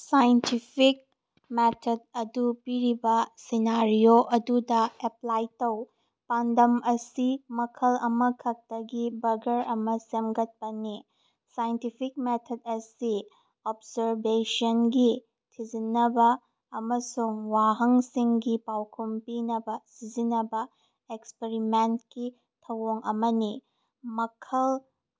Scientific ꯃꯦꯊꯗ ꯑꯗꯨ ꯄꯤꯔꯤꯕ ꯁꯤꯅꯥꯔꯤꯑꯣ ꯑꯗꯨꯗ ꯑꯦꯄ꯭ꯂꯥꯏ ꯇꯧ꯫ ꯄꯥꯟꯗꯝ ꯑꯁꯤ ꯃꯈꯜ ꯑꯃꯈꯛꯇꯒꯤ ꯕꯔꯒꯔ ꯑꯃ ꯁꯦꯝꯒꯠꯄꯅꯤ꯫ ꯁꯥꯏꯟꯇꯤꯐꯤꯛ ꯃꯦꯊꯗ ꯑꯁꯤ ꯑꯣꯕꯖꯥꯔꯕꯦꯁꯟꯁꯤꯡ ꯊꯤꯖꯤꯟꯅꯕ ꯑꯃꯁꯨꯡ ꯋꯥꯍꯪꯁꯤꯡꯒꯤ ꯄꯥꯎꯈꯨꯝ ꯄꯤꯅꯕ ꯁꯤꯖꯤꯟꯅꯕ ꯑꯦꯛꯁꯄ꯭ꯔꯤꯃꯦꯟꯇꯀꯤ ꯊꯧꯑꯣꯡ ꯑꯃꯅꯤ꯫ ꯃꯈꯜ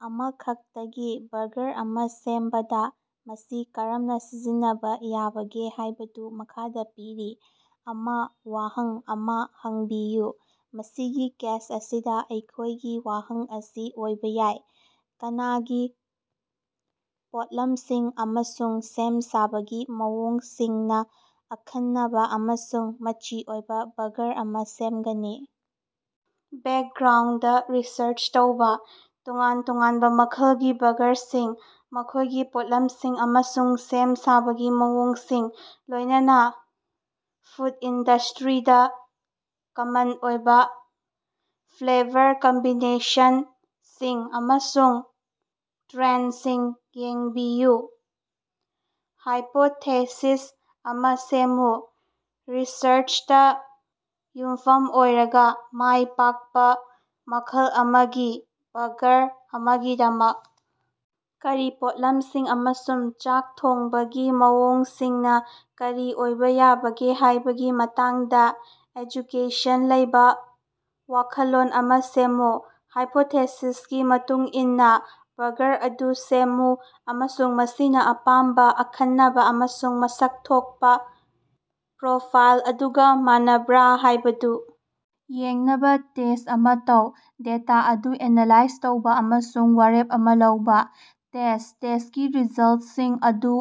ꯑꯃꯈꯛꯇꯒꯤ ꯕꯔꯒꯥꯔ ꯑꯃ ꯁꯦꯝꯕꯗ ꯃꯁꯤ ꯀꯔꯝꯅ ꯁꯤꯖꯤꯟꯅꯕ ꯌꯥꯕꯒꯦ ꯍꯥꯏꯕꯗꯨ ꯃꯈꯥꯗ ꯄꯤꯔꯤ ꯑꯃ ꯋꯥꯍꯪ ꯑꯃ ꯍꯪꯕꯤꯌꯨ꯫ ꯃꯁꯤꯒꯤ ꯀꯦꯁ ꯑꯁꯤꯗ ꯑꯩꯈꯣꯌꯒꯤ ꯋꯥꯍꯪ ꯑꯁꯤ ꯑꯣꯏꯕ ꯌꯥꯏ "ꯀꯅꯥꯒꯤ ꯄꯣꯠꯂꯝꯁꯤꯡ ꯑꯃꯁꯨꯡ ꯁꯦꯝ ꯁꯥꯕꯒꯤ ꯃꯑꯣꯡꯁꯤꯡꯅ ꯑꯈꯟꯅꯕ ꯑꯃꯁꯨꯡ ꯃꯆꯤ ꯑꯣꯏꯕ ꯕꯔꯒꯥꯔ ꯑꯃ ꯁꯦꯝꯒꯅꯤ꯫" ꯕꯦꯛꯒ꯭ꯔꯥꯎꯟꯗ ꯔꯤꯁꯔꯆ ꯇꯧꯕ꯫ ꯇꯣꯉꯥꯟ ꯇꯣꯉꯥꯟꯕ ꯃꯈꯜꯒꯤ ꯕꯔꯒꯥꯔꯁꯤꯡ, ꯃꯈꯣꯏꯒꯤ ꯄꯣꯠꯂꯝꯁꯤꯡ, ꯑꯃꯁꯨꯡ ꯁꯦꯝ ꯁꯥꯕꯒꯤ ꯃꯑꯣꯡꯁꯤꯡ, ꯂꯣꯏꯅꯅ ꯐꯨꯗ ꯏꯟꯗꯁꯇꯔꯤꯗꯥ ꯀꯃꯟ ꯑꯣꯏꯕ ꯐ꯭ꯂꯦꯕꯔ ꯀꯝꯕꯤꯅꯦꯁꯟꯁꯤꯡ ꯑꯃꯁꯨꯡ ꯇ꯭ꯔꯦꯟꯗꯁꯤꯡ ꯌꯦꯡꯕꯤꯌꯨ꯫ ꯍꯥꯏꯄꯣꯇꯦꯁꯤꯁ ꯑꯃ ꯁꯦꯝꯃꯨ꯫ ꯔꯤꯁꯔꯆꯇ ꯌꯨꯝꯐꯝ ꯑꯣꯏꯔꯒ, ꯃꯥꯏꯄꯥꯛꯄ ꯃꯈꯜ ꯑꯃꯒꯤ ꯕꯔꯒꯥꯔ ꯑꯃꯒꯤꯗꯃꯛ ꯀꯔꯤ ꯄꯣꯠꯂꯝꯁꯤꯡ ꯑꯃꯁꯨꯡ ꯆꯥꯛ ꯊꯣꯡꯕꯒꯤ ꯃꯑꯣꯡꯁꯤꯡꯅ ꯀꯔꯤ ꯑꯣꯏꯕ ꯌꯥꯕꯒꯦ ꯍꯥꯏꯕꯒꯤ ꯃꯇꯥꯡꯗ ꯑꯦꯖꯨꯀꯦꯁꯟ ꯂꯩꯕ ꯋꯥꯈꯜꯂꯣꯟ ꯑꯃ ꯁꯦꯝꯃꯨ꯫ ꯍꯥꯏꯄꯣꯇꯦꯁꯤꯁꯀꯤ ꯃꯇꯨꯡ ꯏꯟꯅ ꯕꯔꯒꯥꯔ ꯑꯗꯨ ꯁꯦꯝꯃꯨ ꯑꯃꯁꯨꯡ ꯃꯁꯤꯅ ꯑꯄꯥꯝꯕ ꯑꯈꯟꯅꯕ ꯑꯃꯁꯨꯡ ꯃꯁꯛ ꯊꯣꯛꯄ ꯄ꯭ꯔꯣꯐꯥꯏꯜ ꯑꯗꯨꯒ ꯃꯥꯟꯅꯕ꯭ꯔ ꯍꯥꯏꯕꯗꯨ ꯌꯦꯡꯅꯕ ꯇꯦꯁ꯭ꯠ ꯑꯃ ꯇꯧ꯫ ꯗꯦꯇꯥ ꯑꯗꯨ ꯑꯦꯅꯥꯂꯥꯏꯖ ꯇꯧꯕ ꯑꯃꯁꯨꯡ ꯋꯥꯔꯦꯞ ꯑꯃ ꯂꯧꯕ꯫ ꯇꯦꯁ꯭ꯠ ꯇꯦꯁ꯭ꯇꯀꯤ ꯔꯤꯖꯜꯁꯤꯡ ꯑꯗꯨ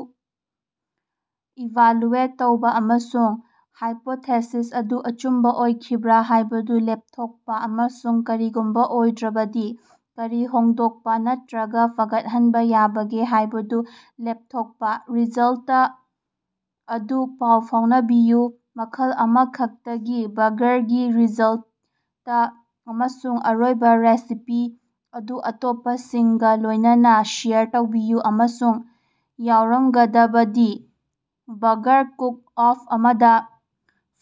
ꯏꯚꯥꯂꯨꯑꯦꯠ ꯇꯧꯕ ꯑꯃꯁꯨꯡ ꯍꯥꯏꯄꯣꯇꯦꯁꯤꯁ ꯑꯗꯨ ꯑꯆꯨꯝꯕ ꯑꯣꯏꯈꯤꯕ꯭ꯔ ꯍꯥꯏꯕꯗꯨ ꯂꯦꯞꯊꯣꯛꯄ, ꯑꯃꯁꯨꯡ ꯀꯔꯤꯒꯨꯝꯕ ꯑꯣꯏꯗ꯭ꯔꯕꯗꯤ ꯀꯔꯤ ꯍꯣꯡꯗꯣꯛꯄ ꯅꯠꯇꯔꯒ ꯐꯒꯠꯍꯟꯕ ꯌꯥꯕꯒꯦ ꯍꯥꯏꯕꯗꯨ ꯂꯦꯞꯊꯣꯛꯄ꯫ ꯔꯤꯖꯜꯇ ꯑꯗꯨ ꯄꯥꯎ ꯐꯥꯎꯅꯕꯤꯌꯨ꯫ ꯃꯈꯜ ꯑꯃꯈꯛꯇꯒꯤ ꯕꯔꯒꯥꯔꯒꯤ ꯔꯤꯖꯜꯇ ꯑꯃꯁꯨꯡ ꯑꯔꯣꯏꯕ ꯔꯦꯁꯤꯄꯤ ꯑꯗꯨ ꯑꯇꯣꯞꯄꯁꯤꯡꯒ ꯂꯣꯏꯅꯅ ꯁꯦꯌꯔ ꯇꯧꯕꯤꯌꯨ, ꯑꯃꯁꯨꯡ ꯌꯥꯎꯔꯝꯒꯗꯕꯗꯤ ꯕꯔꯒꯥꯔ ꯀꯨꯛ-ꯑꯣꯐ ꯑꯃꯗ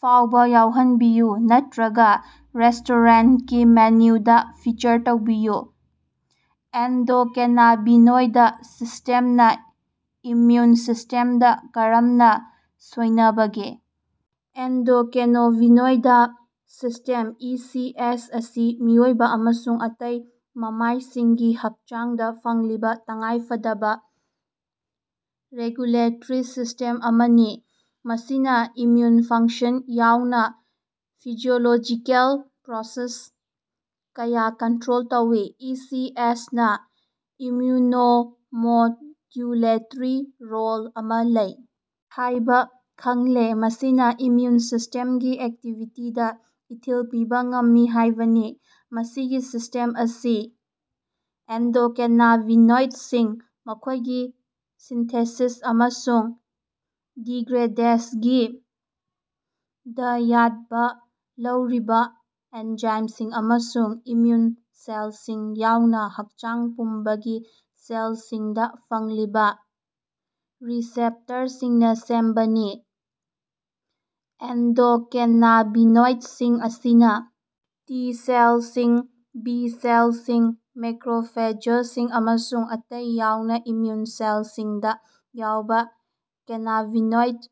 ꯐꯥꯎꯕ ꯌꯥꯎꯍꯟꯕꯤꯌꯨ ꯅꯠꯇꯔꯒ ꯔꯦꯁꯇꯣꯔꯦꯟꯇꯀꯤ ꯃꯦꯅꯨꯗ ꯐꯤꯆꯔ ꯇꯧꯕꯤꯌꯨ꯫ ꯑꯦꯟꯗꯣꯀꯦꯅꯥꯕꯤꯅꯣꯏꯗ ꯁꯤꯁꯇꯦꯝꯅ ꯏꯝꯃꯌꯨꯟ ꯁꯤꯁꯇꯦꯝꯗ ꯀꯔꯝꯅ ꯁꯣꯏꯅꯕꯒꯦ? Endocannabinoid system (E. ꯁꯤ. ꯑꯦꯁ.) ꯑꯁꯤ ꯃꯤꯑꯣꯏꯕ ꯑꯃꯁꯨꯡ ꯑꯇꯩ ꯃꯃꯥꯏꯁꯤꯡꯒꯤ ꯍꯛꯆꯥꯡꯗ ꯐꯪꯂꯤꯕ ꯇꯉꯥꯏꯐꯗꯕ ꯔꯦꯒꯨꯂꯦꯇꯔꯤ ꯁꯤꯁ꯭ꯇꯦꯝ ꯑꯃꯅꯤ꯫ ꯃꯁꯤꯅ ꯏꯝꯃ꯭ꯌꯨꯟ ꯐꯪꯁꯟ ꯌꯥꯎꯅ ꯐꯤꯖꯤꯑꯣꯂꯣꯖꯤꯀꯦꯜ ꯄ꯭ꯔꯣꯁꯦꯁ ꯀꯌꯥ ꯀꯟꯇ꯭ꯔꯣꯜ ꯇꯧꯏ꯫ ꯏ. ꯁꯤ. ꯑꯦꯁ. ꯅꯥ ꯏꯝꯃ꯭ꯌꯨꯅꯣꯃꯣꯗ꯭ꯌꯨꯂꯦꯇꯔꯤ ꯔꯣꯜ ꯑꯃ ꯂꯩ ꯍꯥꯏꯕ ꯈꯪꯂꯦ, ꯃꯁꯤꯅ ꯏꯝꯃꯌꯨꯟ ꯁꯤꯁꯇꯦꯝꯒꯤ ꯑꯦꯛꯇꯤꯚꯤꯇꯤꯗ ꯏꯊꯤꯜ ꯄꯤꯕ ꯉꯝꯃꯤ ꯍꯥꯏꯕꯅꯤ꯫ ꯃꯁꯤꯒꯤ ꯁꯤꯁꯇꯦꯝ ꯑꯁꯤ ꯑꯦꯟꯗꯣꯀꯦꯅꯥꯕꯤꯅꯣꯏꯗꯁꯤꯡ, ꯃꯈꯣꯏꯒꯤ ꯁꯤꯟꯊꯦꯁꯤꯁ ꯑꯃꯁꯨꯡ ꯗꯤꯒ꯭ꯔꯦꯗꯦꯁꯒꯤ ꯗꯥꯌꯠꯕ ꯂꯧꯔꯤꯕꯥ ꯑꯦꯟꯖꯥꯏꯝꯁꯤꯡ ꯑꯃꯁꯨꯡ ꯏꯝꯃꯌꯨꯟ ꯁꯦꯜꯁꯤꯡ ꯌꯥꯎꯅ ꯍꯛꯆꯥꯡ ꯄꯨꯝꯕꯒꯤ ꯁꯦꯜꯁꯤꯡꯗ ꯐꯪꯂꯤꯕ ꯔꯤꯁꯦꯞꯇꯔꯁꯤꯡꯅ ꯁꯦꯝꯕꯅꯤ꯫ ꯑꯦꯟꯗꯣꯀꯦꯅꯥꯕꯤꯅꯣꯏꯗꯁꯤꯡ ꯑꯁꯤꯅ ꯇꯤ ꯁꯦꯜꯁꯤꯡ, ꯕꯤ ꯁꯦꯜꯁꯤꯡ, ꯃꯦꯀꯔꯣꯐꯦꯖꯁꯤꯡ ꯑꯃꯁꯨꯡ ꯑꯇꯩ ꯌꯥꯎꯅ ꯏꯝꯃꯌꯨꯟ ꯁꯦꯜꯁꯤꯡꯗ ꯌꯥꯎꯕ ꯀꯦꯅꯥꯕꯤꯅꯣꯏꯗ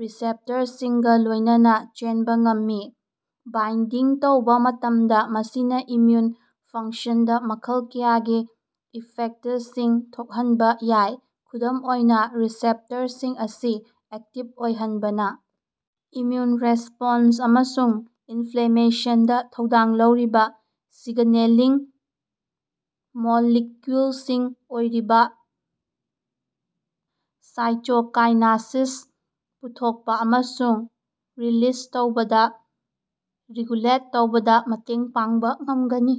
ꯔꯤꯁꯦꯞꯇꯔꯁꯤꯡꯒ ꯂꯣꯏꯅꯅ ꯆꯦꯟꯕ ꯉꯝꯃꯤ꯫ ꯕꯥꯏꯟꯗꯤꯡ ꯇꯧꯕ ꯃꯇꯝꯗ, ꯃꯁꯤꯅ ꯏꯝꯃꯌꯨꯟ ꯐꯪꯁꯟꯗ ꯃꯈꯜ ꯀꯌꯥꯒꯤ ꯏꯐꯦꯛꯇꯁꯤꯡ ꯊꯣꯛꯍꯟꯕ ꯌꯥꯏ꯫ ꯈꯨꯗꯝ ꯑꯣꯏꯅ, ꯔꯤꯁꯦꯞꯇꯔꯁꯤꯡ ꯑꯁꯤ ꯑꯦꯛꯇꯤꯚ ꯑꯣꯏꯍꯟꯕꯅ ꯏꯝꯃꯌꯨꯟ ꯔꯦꯁꯄꯣꯟꯁ ꯑꯃꯁꯨꯡ ꯏꯟꯐ꯭ꯂꯦꯃꯦꯁꯟꯗ ꯊꯧꯗꯥꯡ ꯂꯧꯔꯤꯕ ꯁꯤꯒꯅꯦꯂꯤꯡ ꯃꯣꯂꯤꯛꯌꯨꯜꯁꯤꯡ ꯑꯣꯏꯔꯤꯕ ꯁꯥꯏꯇꯣꯀꯥꯏꯟꯁꯤꯡ ꯄꯨꯊꯣꯛꯄ ꯑꯃꯁꯨꯡ ꯔꯤꯂꯤꯖ ꯇꯧꯕꯗ ꯔꯤꯒꯨꯂꯦꯠ ꯇꯧꯕꯗ ꯃꯇꯦꯡ ꯄꯥꯡꯕ ꯉꯝꯒꯅꯤ꯫